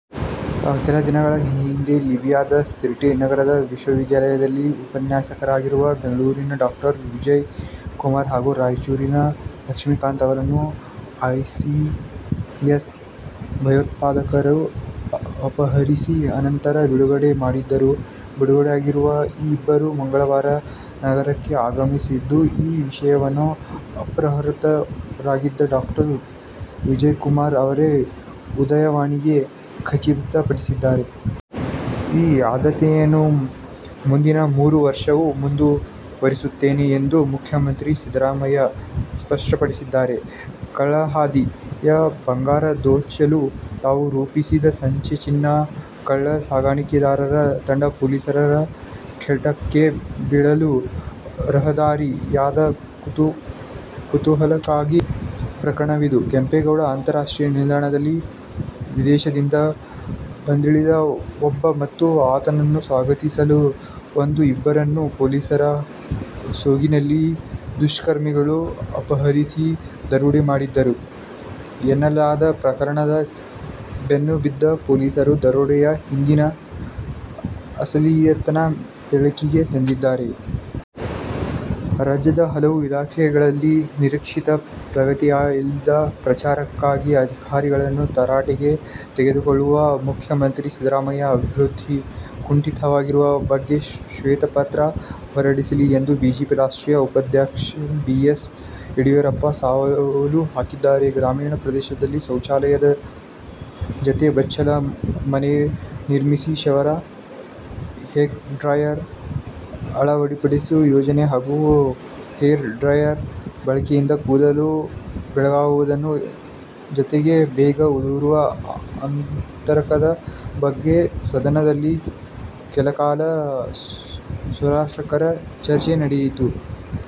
ಕೆಲ ದಿನಗಳ ಹಿಂದೆ ಲಿಬಿಯಾದ ಸಿರ್ಟೆ ನಗರದ ವಿಶ್ವವಿದ್ಯಾಲಯದಲ್ಲಿ ಉಪನ್ಯಾಸಕರಾಗಿರುವ ಬೆಂಗಳೂರಿನ ಡಾ. ವಿಜಯ ಕುಮಾರ್ ಹಾಗೂ ರಾಯಚೂರಿನ ಲಕ್ಷ್ಮೀಕಾಂತ್ ಅವರನ್ನು ಐಸಿಸ್ ಭಯೋತ್ಪಾದಕರು ಅಪಹರಿಸಿ, ಅನಂತರ ಬಿಡುಗಡೆ ಮಾಡಿದ್ದರು. ಬಿಡುಗಡೆಯಾಗಿರುವ ಈ ಇಬ್ಬರು ಮಂಗಳವಾರ ನಗರಕ್ಕೆ ಆಗಮಿಸಲಿದ್ದು, ಈ ವಿಷಯವನ್ನು ಅಪಹೃತರಾಗಿದ್ದ ಡಾ. ವಿಜಯಕುಮಾರ್ ಅವರೇ "ಉದಯವಾಣಿ'ಗೆ ಖಚಿತಪಡಿಸಿದ್ದಾರೆ. ಈ ಆದ್ಯತೆಯನ್ನು ಮುಂದಿನ ಮೂರು ವರ್ಷವೂ ಮುಂದು ವರಿಸುತ್ತೇನೆ ಎಂದು ಮುಖ್ಯಮಂತ್ರಿ ಸಿದ್ದರಾಮಯ್ಯ ಸ್ಪಷ್ಟಪಡಿಸಿದ್ದಾರೆ. "ಕಳ್ಳ ಹಾದಿ'ಯ ಬಂಗಾರ ದೋಚಲು ತಾವು ರೂಪಿಸಿದ ಸಂಚೇ ಚಿನ್ನ ಕಳ್ಳ ಸಾಗಾಣಿಕೆದಾರರ ತಂಡ ಪೊಲೀಸರ ಖೆಡ್ಡಾಕ್ಕೆ ಬೀಳಲು "ರಹದಾರಿ'ಯಾದ ಕುತೂಹಲಕಾರಿ ಪ್ರಕರಣವಿದು. ಕೆಂಪೇಗೌಡ ಅಂತಾರಾಷ್ಟ್ರೀಯ ನಿಲ್ದಾಣದಲ್ಲಿ ವಿದೇಶದಿಂದ ಬಂದಿಳಿದ ಒಬ್ಬ ಮತ್ತು ಆತನನ್ನು ಸ್ವಾಗತಿಸಲು ಬಂದ ಇಬ್ಬರನ್ನು ಪೊಲೀಸರ ಸೋಗಿನಲ್ಲಿ ದುಷ್ಕರ್ಮಿಗಳು ಅಪಹರಿಸಿ, ದರೋಡೆ ಮಾಡಿದ್ದರು ಎನ್ನಲಾದ ಪ್ರಕರಣದ ಬೆನ್ನು ಬಿದ್ದ ಪೊಲೀಸರು ದರೋಡೆಯ ಹಿಂದಿನ ಅಸಲಿತನ ಬೆಳಕಿಗೆ ತಂದಿದ್ದಾರೆ. ರಾಜ್ಯದ ಹಲವು ಇಲಾಖೆಗಳಲ್ಲಿ ನಿರೀಕ್ಷಿತ ಪ್ರಗತಿಯಾಗಿಲ್ಲ. ಪ್ರಚಾರಕ್ಕಾಗಿ ಅಧಿಕಾರಿಗಳನ್ನು ತರಾಟೆಗೆ ತೆಗೆದುಕೊಳ್ಳುವ ಮುಖ್ಯಮಂತ್ರಿ ಸಿದ್ದರಾಮಯ್ಯ, ಅಭಿವೃದ್ಧಿ ಕುಂಠಿತವಾಗಿರುವ ಬಗ್ಗೆ ಶ್ವೇತಪತ್ರ ಹೊರಡಿಸಲಿ ಎಂದು ಬಿಜೆಪಿ ರಾಷ್ಟ್ರೀಯ ಉಪಾಧ್ಯಕ್ಷ ಬಿ. ಎಸ್. ಯಡಿಯೂರಪ್ಪ ಸವಾಲು ಹಾಕಿದ್ದಾರೆ. ಗ್ರಾಮೀಣ ಪ್ರದೇಶಗಳಲ್ಲಿ ಶೌಚಾಲಯದ ಜತೆ ಬಚ್ಚಲು ಮನೆ ನಿರ್ಮಿಸಿ ಶವರ್, ಹೇರ್ ಡ್ರೈಯರ್ ಅಳವಡಿಸುವ ಯೋಜನೆ ಹಾಗೂ ಹೇರ್ ಡ್ರೈಯರ್ ಬಳಕೆಯಿಂದ ಕೂದಲು ಬೆಳ್ಳಾಗಾಗುವುದರ ಜತೆಗೆ ಬೇಗ ಉದುರುವ ಆತಂಕದ ಬಗ್ಗೆ ಸದನದಲ್ಲಿ ಕೆಲಕಾಲ ಸ್ವಾರಸ್ಯಕರ ಚರ್ಚೆ ನಡೆಯಿತು.